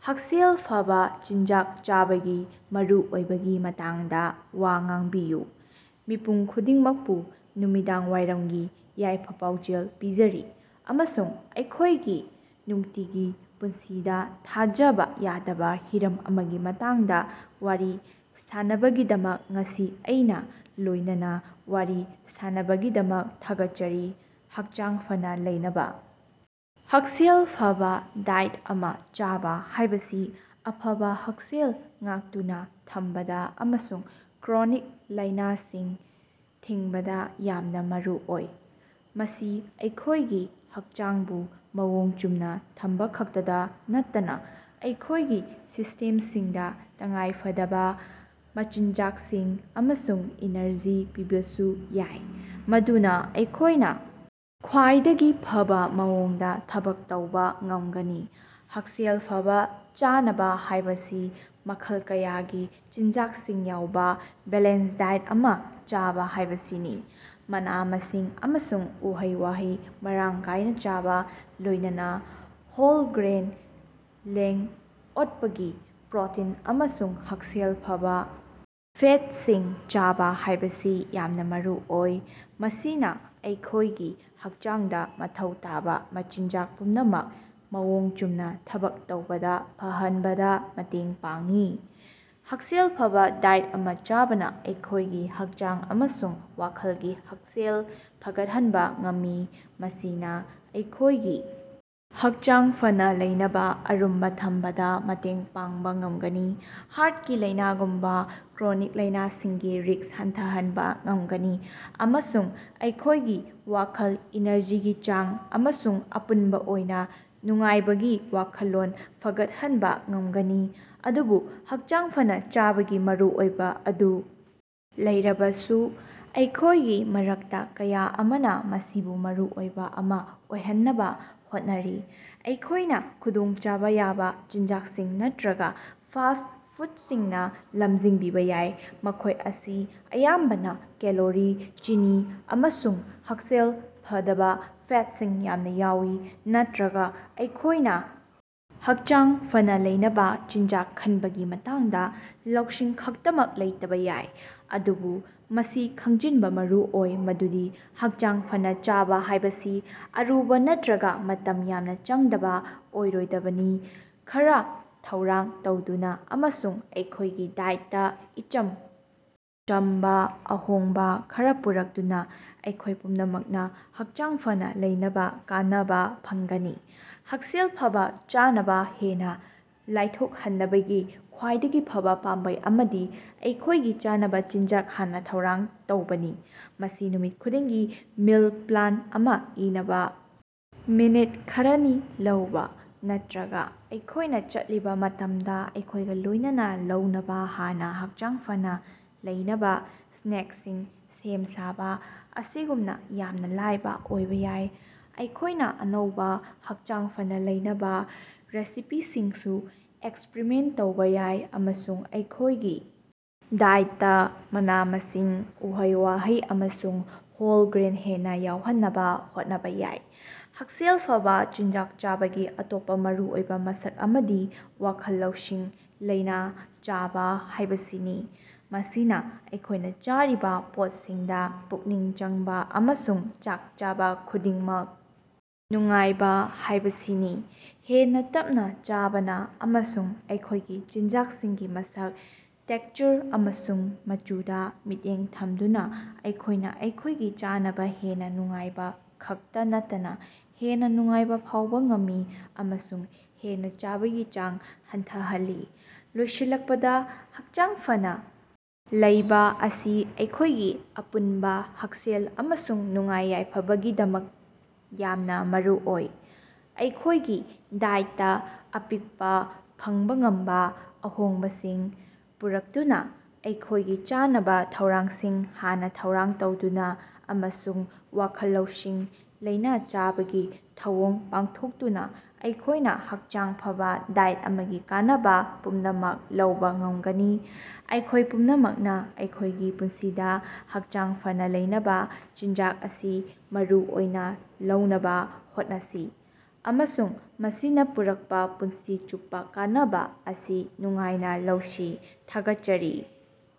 ꯍꯛꯁꯦꯜ ꯐꯕꯥ ꯆꯤꯟꯖꯥꯛ ꯆꯥꯕꯒꯤ ꯃꯔꯨꯑꯣꯏꯕꯒꯤ ꯃꯇꯥꯡꯗꯥ ꯋꯥ ꯉꯥꯡꯕꯤꯌꯨ꯫ ꯃꯤꯄꯨꯝ ꯈꯨꯗꯤꯡꯃꯛꯄꯨ ꯅꯨꯃꯤꯗꯥꯡꯋꯥꯏꯔꯝꯒꯤ ꯌꯥꯏꯐ-ꯄꯥꯎꯖꯦꯜ ꯄꯤꯖꯔꯤ, ꯑꯃꯁꯨꯡ ꯑꯩꯈꯣꯏꯒꯤ ꯅꯨꯡꯇꯤꯒꯤ ꯄꯨꯟꯁꯤꯗꯥ ꯊꯥꯖꯕꯥ ꯌꯥꯗꯕꯥ ꯍꯤꯔꯝ ꯑꯃꯒꯤ ꯃꯇꯥꯡꯗꯥ ꯋꯥꯔꯤ ꯁꯥꯟꯅꯕꯒꯤꯗꯃꯛ ꯉꯁꯤ ꯑꯩꯒꯥ ꯂꯣꯏꯅꯅ ꯋꯥꯔꯤ ꯁꯥꯟꯅꯕꯒꯤꯗꯃꯛ ꯊꯥꯒꯠꯆꯔꯤ: ꯍꯛꯆꯥꯡ ꯐꯅꯥ ꯂꯩꯅꯕꯥ꯫ ꯍꯛꯁꯦꯜ ꯐꯕꯥ ꯗꯥꯏꯠ ꯑꯃ ꯆꯥꯕ ꯍꯥꯏꯕꯁꯤ ꯑꯐꯕꯥ ꯍꯛꯁꯦꯜ ꯉꯥꯛꯇꯨꯅꯥ ꯊꯝꯕꯗꯥ ꯑꯃꯁꯨꯡ ꯀ꯭ꯔꯣꯅꯤꯛ ꯂꯥꯏꯅꯥꯁꯤꯡ ꯊꯤꯡꯕꯗꯥ ꯌꯥꯝꯅꯥ ꯃꯔꯨꯑꯣꯏ꯫ ꯃꯁꯤ ꯑꯩꯈꯣꯏꯒꯤ ꯍꯛꯆꯥꯡꯕꯨ ꯃꯑꯣꯡ ꯆꯨꯝꯅꯥ ꯊꯝꯕꯈꯛꯇꯗꯥ ꯅꯠꯇꯅꯥ ꯑꯩꯈꯣꯏꯒꯤ ꯁꯤꯁꯇꯦꯝꯁꯤꯡꯗꯥ ꯇꯉꯥꯏꯐꯗꯕꯥ ꯃꯆꯤꯟꯖꯥꯛꯁꯤꯡ ꯑꯃꯁꯨꯡ ꯏꯅꯔꯖꯤ ꯄꯤꯕꯁꯨ ꯌꯥꯏ, ꯃꯗꯨꯅꯥ ꯑꯩꯈꯣꯏꯅ ꯈ꯭ꯋꯥꯏꯗꯒꯤ ꯐꯕꯥ ꯃꯑꯣꯡꯗꯥ ꯊꯕꯛ ꯇꯧꯕꯥ ꯉꯝꯒꯅꯤ꯫ ꯍꯛꯁꯦꯜ ꯐꯕꯥ ꯆꯥꯅꯕ ꯍꯥꯏꯕꯁꯤ ꯃꯈꯜ ꯀꯌꯥꯒꯤ ꯆꯤꯟꯖꯥꯛꯁꯤꯡ ꯌꯥꯎꯕꯥ ꯕꯦꯂꯦꯟꯁ ꯗꯥꯏꯠ ꯑꯃ ꯆꯥꯕ ꯍꯥꯏꯕꯁꯤꯅꯤ꯫ ꯃꯅꯥ-ꯃꯁꯤꯡ ꯑꯃꯁꯨꯡ ꯎꯍꯩ-ꯋꯥꯍꯩ ꯃꯔꯥꯡ ꯀꯥꯏꯅ ꯆꯥꯕ, ꯂꯣꯏꯅꯅ ꯍꯣꯜ ꯒ꯭ꯔꯦꯟ, ꯂꯦꯡ-ꯑꯣꯠꯄꯒꯤ ꯄ꯭ꯔꯣꯇꯤꯟ ꯑꯃꯁꯨꯡ ꯍꯛꯁꯦꯜ ꯐꯕꯥ ꯐꯦꯠꯁꯤꯡ ꯆꯥꯕ ꯍꯥꯏꯕꯁꯤ ꯌꯥꯝꯅ ꯃꯔꯨꯑꯣꯏ꯫ ꯃꯁꯤꯅꯥ ꯑꯩꯈꯣꯏꯒꯤ ꯍꯛꯆꯥꯡꯗꯥ ꯃꯊꯧ ꯇꯥꯕ ꯃꯆꯤꯟꯖꯥꯛ ꯄꯨꯝꯅꯃꯛ ꯃꯑꯣꯡ ꯆꯨꯝꯅꯥ ꯊꯕꯛ ꯇꯧꯕꯗꯥ ꯐꯪꯍꯟꯕꯗ ꯃꯇꯦꯡ ꯄꯥꯡꯏ꯫ ꯍꯛꯁꯦꯜ ꯐꯕꯥ ꯗꯥꯏꯠ ꯑꯃ ꯆꯥꯕꯅ ꯑꯩꯈꯣꯏꯒꯤ ꯍꯛꯆꯥꯡ ꯑꯃꯁꯨꯡ ꯋꯥꯈꯜꯒꯤ ꯍꯛꯁꯦꯜ ꯐꯒꯠꯍꯟꯕꯥ ꯉꯝꯃꯤ꯫ ꯃꯁꯤꯅꯥ ꯑꯩꯈꯣꯏꯒꯤ ꯍꯛꯆꯥꯡ ꯐꯅꯥ ꯂꯩꯅꯕꯥ ꯑꯔꯨꯝꯕꯥ ꯊꯝꯕꯗꯥ ꯃꯇꯦꯡ ꯄꯥꯡꯕꯥ ꯉꯝꯒꯅꯤ, ꯍꯥꯔꯠꯀꯤ ꯂꯥꯏꯅꯥꯒꯨꯝꯕꯥ ꯀ꯭ꯔꯣꯅꯤꯛ ꯂꯥꯏꯅꯥꯁꯤꯡꯒꯤ ꯔꯤꯛꯁ ꯍꯟꯊꯍꯟꯕꯥ ꯉꯝꯒꯅꯤ, ꯑꯃꯁꯨꯡ ꯑꯩꯈꯣꯏꯒꯤ ꯋꯥꯈꯜ, ꯏꯅꯔꯖꯤꯒꯤ ꯆꯥꯡ, ꯑꯃꯁꯨꯡ ꯑꯄꯨꯟꯕ ꯑꯣꯏꯅꯥ ꯅꯨꯡꯉꯥꯏꯕꯒꯤ ꯋꯥꯈꯜꯂꯣꯟ ꯐꯒꯠꯍꯟꯕꯥ ꯉꯝꯒꯅꯤ꯫ ꯑꯗꯨꯕꯨ ꯍꯛꯆꯥꯡ ꯐꯅꯥ ꯆꯥꯕꯒꯤ ꯃꯔꯨꯑꯣꯏꯕ ꯑꯗꯨ ꯂꯩꯔꯕꯁꯨ ꯑꯩꯈꯣꯏꯒꯤ ꯃꯔꯛꯇ ꯀꯌꯥ ꯑꯃꯅ ꯃꯁꯤꯕꯨ ꯃꯔꯨ ꯑꯣꯏꯕ ꯑꯃ ꯑꯣꯏꯍꯟꯅꯕ ꯍꯣꯠꯅꯔꯤ꯫ ꯑꯩꯈꯣꯏꯅ ꯈꯨꯗꯣꯡꯆꯥꯕꯥ ꯌꯥꯕ ꯆꯤꯟꯖꯥꯛꯁꯤꯡ ꯅꯠꯇ꯭ꯔꯒꯥ ꯐꯥꯁꯠ ꯐꯨꯠꯁꯤꯡꯅꯥ ꯂꯝꯖꯤꯡꯕꯤꯕꯥ ꯌꯥꯏ, ꯃꯈꯣꯏ ꯑꯁꯤ ꯑꯌꯥꯝꯕꯅ ꯀꯦꯂꯣꯔꯤ, ꯆꯤꯅꯤ ꯑꯃꯁꯨꯡ ꯍꯛꯁꯦꯜ ꯐꯗꯕꯥ ꯐꯦꯠꯁꯤꯡ ꯌꯥꯝꯅ ꯌꯥꯎꯏ꯫ ꯅꯠꯇꯔꯒꯥ ꯑꯩꯈꯣꯏꯅ ꯍꯛꯆꯥꯡ ꯐꯅꯥ ꯂꯩꯅꯕꯥ ꯆꯤꯟꯖꯥꯛ ꯈꯟꯕꯒꯤ ꯃꯇꯥꯡꯗ ꯂꯧꯁꯤꯡ ꯈꯛꯇꯃꯛ ꯂꯩꯇꯕꯥ ꯌꯥꯏ꯫ ꯑꯗꯨꯕꯨ ꯃꯁꯤ ꯈꯪꯖꯤꯟꯕꯥ ꯃꯔꯨ ꯑꯣꯏ ꯃꯗꯨꯗꯤ ꯍꯛꯆꯥꯡ ꯐꯅꯥ ꯆꯥꯕꯥ ꯍꯥꯏꯕꯁꯤ ꯑꯔꯨꯕꯥ ꯅꯠꯇ꯭ꯔꯒꯥ ꯃꯇꯝ ꯌꯥꯝꯅ ꯆꯪꯗꯕ ꯑꯣꯏꯔꯣꯏꯗꯕꯅꯤ꯫ ꯈꯔ ꯊꯧꯔꯥꯡ ꯇꯧꯗꯨꯅꯥ ꯑꯃꯁꯨꯡ ꯑꯩꯈꯣꯏꯒꯤ ꯗꯥꯏꯠꯇꯥ ꯏꯆꯝ ꯆꯝꯕꯥ ꯑꯍꯣꯡꯕꯥ ꯈꯔ ꯄꯨꯔꯛꯇꯨꯅꯥ ꯑꯩꯈꯣꯏ ꯄꯨꯝꯅꯃꯛꯅ ꯍꯛꯆꯥꯡ ꯐꯅꯥ ꯂꯩꯅꯕꯥ ꯀꯥꯟꯅꯕ ꯐꯪꯒꯅꯤ꯫ ꯍꯛꯁꯦꯜ ꯐꯕꯥ ꯆꯥꯅꯕ ꯍꯦꯟꯅꯥ ꯂꯥꯏꯊꯣꯛꯍꯟꯅꯕꯒꯤ ꯈ꯭ꯋꯥꯏꯗꯒꯤ ꯐꯕꯥ ꯄꯥꯝꯕꯩ ꯑꯃꯗꯤ ꯑꯩꯈꯣꯏꯒꯤ ꯆꯥꯅꯕꯥ ꯆꯤꯟꯖꯥꯛ ꯍꯥꯟꯅ ꯊꯧꯔꯥꯡ ꯇꯧꯕꯅꯤ꯫ ꯃꯁꯤ ꯅꯨꯃꯤꯠ ꯈꯨꯗꯤꯡꯒꯤ ꯃꯤꯜ ꯄ꯭ꯂꯥꯟ ꯑꯃ ꯏꯅꯕꯥ ꯃꯤꯅꯤꯠ ꯈꯔꯅꯤ ꯂꯧꯕꯥ, ꯅꯠꯇ꯭ꯔꯒꯥ ꯑꯩꯈꯣꯏꯅ ꯆꯠꯂꯤꯕ ꯃꯇꯝꯗ ꯑꯩꯈꯣꯏꯒ ꯂꯣꯏꯅꯅ ꯂꯧꯅꯕꯥ ꯍꯥꯟꯅꯥ ꯍꯛꯆꯥꯡ ꯐꯅꯥ ꯂꯩꯅꯕꯥ ꯁ꯭ꯅꯦꯛꯁꯤꯡ ꯁꯦꯝ ꯁꯥꯕꯥ ꯑꯁꯤꯒꯨꯝꯅꯥ ꯌꯥꯝꯅꯥ ꯂꯥꯏꯕꯥ ꯑꯣꯏꯕꯥ ꯌꯥꯏ꯫ ꯑꯩꯈꯣꯏꯅ ꯑꯅꯧꯕꯥ, ꯍꯛꯆꯥꯡ ꯐꯅꯥ ꯂꯩꯅꯕꯥ ꯔꯦꯁꯤꯄꯤꯁꯤꯡꯁꯨ ꯑꯦꯛꯁꯄꯔꯤꯃꯦꯟ ꯇꯧꯕꯥ ꯌꯥꯏ ꯑꯃꯁꯨꯡ ꯑꯩꯈꯣꯏꯒꯤ ꯗꯥꯏꯠꯇꯥ ꯃꯅꯥ-ꯃꯁꯤꯡ, ꯎꯍꯩ-ꯋꯥꯍꯩ ꯑꯃꯁꯨꯡ ꯍꯣꯜ ꯒ꯭ꯔꯦꯟ ꯍꯦꯟꯅꯥ ꯌꯥꯎꯍꯟꯅꯕꯥ ꯍꯣꯠꯅꯕꯥ ꯌꯥꯏ꯫ ꯍꯛꯁꯦꯜ ꯐꯕꯥ ꯆꯤꯟꯖꯥꯛ ꯆꯥꯕꯒꯤ ꯑꯇꯣꯞꯄꯥ ꯃꯔꯨꯑꯣꯏꯕꯥ ꯃꯁꯛ ꯑꯃꯗꯤ ꯋꯥꯈꯜ ꯂꯧꯁꯤꯡ ꯂꯩꯅꯥ ꯆꯥꯕ ꯍꯥꯏꯕꯁꯤꯅꯤ꯫ ꯃꯁꯤꯅꯥ ꯑꯩꯈꯣꯏꯅ ꯆꯥꯔꯤꯕꯥ ꯄꯣꯠꯁꯤꯡꯗꯥ ꯄꯨꯛꯅꯤꯡ ꯆꯪꯕꯥ, ꯑꯃꯁꯨꯡ ꯆꯥꯛ ꯆꯥꯕꯥ ꯈꯨꯗꯤꯡꯃꯛ ꯅꯨꯡꯉꯥꯏꯕꯥ ꯍꯥꯏꯕꯁꯤꯅꯤ꯫ ꯍꯦꯟꯅꯥ ꯇꯞꯅꯥ ꯆꯥꯕꯅꯥ, ꯑꯃꯁꯨꯡ ꯑꯩꯈꯣꯏꯒꯤ ꯆꯤꯟꯖꯥꯛꯁꯤꯡꯒꯤ ꯃꯁꯛ, ꯇꯦꯛꯆꯔ ꯑꯃꯁꯨꯡ ꯃꯆꯨꯗꯥ ꯃꯤꯠꯌꯦꯡ ꯊꯝꯗꯨꯅꯥ ꯑꯩꯈꯣꯏꯅ ꯑꯩꯈꯣꯏꯒꯤ ꯆꯥꯅꯕꯥ ꯍꯦꯟꯅꯥ ꯅꯨꯡꯉꯥꯏꯕꯥ ꯈꯛꯇꯥ ꯅꯠꯇꯅꯥ ꯍꯦꯟꯅꯥ ꯅꯨꯡꯉꯥꯏꯕꯥ ꯐꯥꯎꯕ ꯉꯝꯃꯤ ꯑꯃꯁꯨꯡ ꯍꯦꯟꯅꯥ ꯆꯥꯕꯒꯤ ꯆꯥꯡ ꯍꯟꯊꯍꯜꯂꯤ꯫ ꯂꯣꯏꯁꯤꯜꯂꯛꯄꯗꯥ, ꯍꯛꯆꯥꯡ ꯐꯅꯥ ꯂꯩꯕꯥ ꯑꯁꯤ ꯑꯩꯈꯣꯏꯒꯤ ꯑꯄꯨꯟꯕꯥ ꯍꯛꯁꯦꯜ ꯑꯃꯁꯨꯡ ꯅꯨꯡꯉꯥꯏ-ꯌꯥꯏꯐꯕꯒꯤꯗꯃꯛ ꯌꯥꯝꯅꯥ ꯃꯔꯨꯑꯣꯏ꯫ ꯑꯩꯈꯣꯏꯒꯤ ꯗꯥꯏꯠꯇꯥ ꯑꯄꯤꯛꯄꯥ, ꯐꯪꯕꯥ ꯉꯝꯕꯥ ꯑꯍꯣꯡꯕꯁꯤꯡ ꯄꯨꯔꯛꯇꯨꯅꯥ, ꯑꯩꯈꯣꯏꯒꯤ ꯆꯥꯅꯕꯥ ꯊꯧꯔꯥꯡꯁꯤꯡ ꯍꯥꯟꯅꯥ ꯊꯧꯔꯥꯡ ꯇꯧꯗꯨꯅꯥ, ꯑꯃꯁꯨꯡ ꯋꯥꯈꯜ ꯂꯧꯁꯤꯡ ꯂꯩꯅꯥ ꯆꯥꯕꯒꯤ ꯊꯧꯑꯣꯡ ꯄꯥꯡꯊꯣꯛꯇꯨꯅꯥ ꯑꯩꯈꯣꯏꯅ ꯍꯛꯆꯥꯡ ꯐꯕꯥ ꯗꯥꯏꯠ ꯑꯃꯒꯤ ꯀꯥꯟꯅꯕꯥ ꯄꯨꯝꯅꯃꯛ ꯂꯧꯕꯥ ꯉꯝꯒꯅꯤ꯫ ꯑꯩꯈꯣꯏ ꯄꯨꯝꯅꯃꯛꯅꯥ ꯑꯩꯈꯣꯏꯒꯤ ꯄꯨꯟꯁꯤꯗꯥ ꯍꯛꯆꯥꯡ ꯐꯅꯥ ꯂꯩꯅꯕꯥ ꯆꯤꯟꯖꯥꯛ ꯑꯁꯤ ꯃꯔꯨ ꯑꯣꯏꯅꯥ ꯂꯧꯅꯕꯥ ꯍꯣꯠꯅꯁꯤ, ꯑꯃꯁꯨꯡ ꯃꯁꯤꯅꯥ ꯄꯨꯔꯛꯄꯥ ꯄꯨꯟꯁꯤ ꯆꯨꯞꯄꯥ ꯀꯥꯟꯅꯕꯥ ꯑꯁꯤ ꯅꯨꯡꯉꯥꯏꯅꯥ ꯂꯧꯁꯤ꯫ ꯊꯥꯒꯠꯆꯔꯤ.